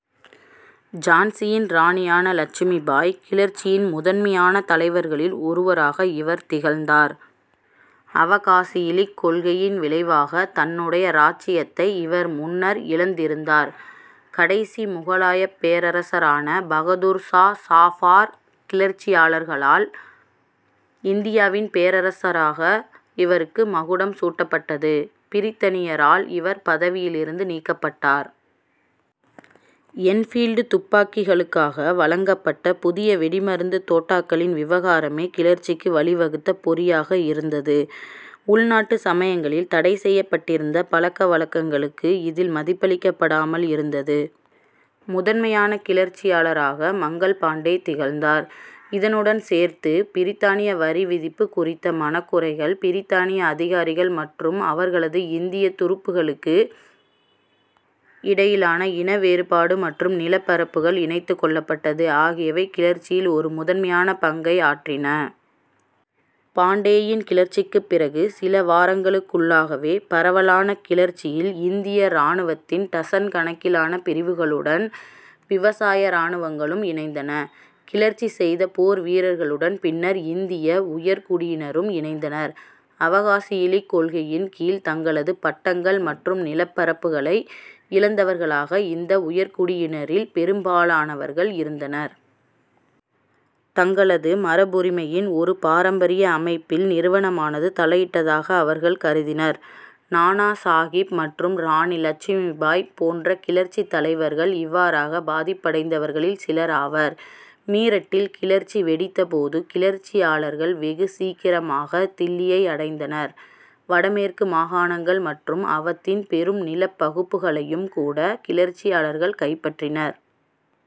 ஜான்சியின் இராணியான இலட்சுமிபாய். கிளர்ச்சியின் முதன்மையான தலைவர்களில் ஒருவராக இவர் திகழ்ந்தார். அவகாசியிலிக் கொள்கையின் விளைவாக தன்னுடைய இராச்சியத்தை இவர் முன்னர் இழந்திருந்தார். கடைசி முகலாயப் பேரரசரான பகதூர் சா சஃபார். கிளர்ச்சியாளர்களால் இந்தியாவின் பேரரசராக இவருக்கு மகுடம் சூட்டப்பட்டது. பிரித்தனியரால் இவர் பதவியிலிருந்து நீக்கப்பட்டார். என்பீல்டு துப்பாக்கிகளுக்காக வழங்கப்பட்ட புதிய வெடிமருந்துத் தோட்டாக்களின் விவகாரமே கிளர்ச்சிக்கு வழி வகுத்த பொறியாக இருந்தது. உள்நாட்டு சமயங்களில் தடை செய்யப்பட்டிருந்த பழக்க வழக்கங்களுக்கு இதில் மதிப்பளிக்கப்படாமல் இருந்தது. முதன்மையான கிளர்ச்சியாளராக மங்கள் பாண்டே திகழ்ந்தார். இதனுடன் சேர்த்து பிரித்தானிய வரி விதிப்பு குறித்த மனக்குறைகள், பிரித்தானிய அதிகாரிகள் மற்றும் அவர்களது இந்தியத் துருப்புக்களுக்கு இடையிலான இன வேறுபாடு மற்றும் நிலப்பரப்புகள் இணைத்துக் கொள்ளப்பட்டது ஆகியவை கிளர்ச்சியில் ஒரு முதன்மையான பங்கை ஆற்றின. பாண்டேயின் கிளர்ச்சிக்குப் பிறகு சில வாரங்களுக்குள்ளாகவே பரவலான கிளர்ச்சியில் இந்திய இராணுவத்தின் டசன் கணக்கிலான பிரிவுகளுடன், விவசாய இராணுவங்களும் இணைந்தன. கிளர்ச்சி செய்த போர் வீரர்களுடன் பின்னர் இந்திய உயர்குடியினரும் இணைந்தனர். அவகாசியிலிக் கொள்கையின் கீழ் தங்களது பட்டங்கள் மற்றும் நிலப்பரப்புகளை இழந்தவர்களாக இந்த உயர்குடியினரில் பெரும்பாலானவர்கள் இருந்தனர். தங்களது மரபுரிமையின் ஒரு பாரம்பரிய அமைப்பில் நிறுவனமானது தலையிட்டதாக அவர்கள் கருதினர். நானா சாகிப் மற்றும் இராணி இலட்சுமிபாய் போன்ற கிளர்ச்சித் தலைவர்கள் இவ்வாறாக பாதிப்படைந்தவர்களில் சிலர் ஆவர்.। மீரட்டில் கிளர்ச்சி வெடித்த போது கிளர்ச்சியாளர்கள் வெகு சீக்கிரமாக தில்லியை அடைந்தனர். வடமேற்கு மாகாணங்கள் மற்றும் அவத்தின் பெரும் நிலப்பகுப்புகளையும் கூட கிளர்ச்சியாளர்கள் கைப்பற்றினர்.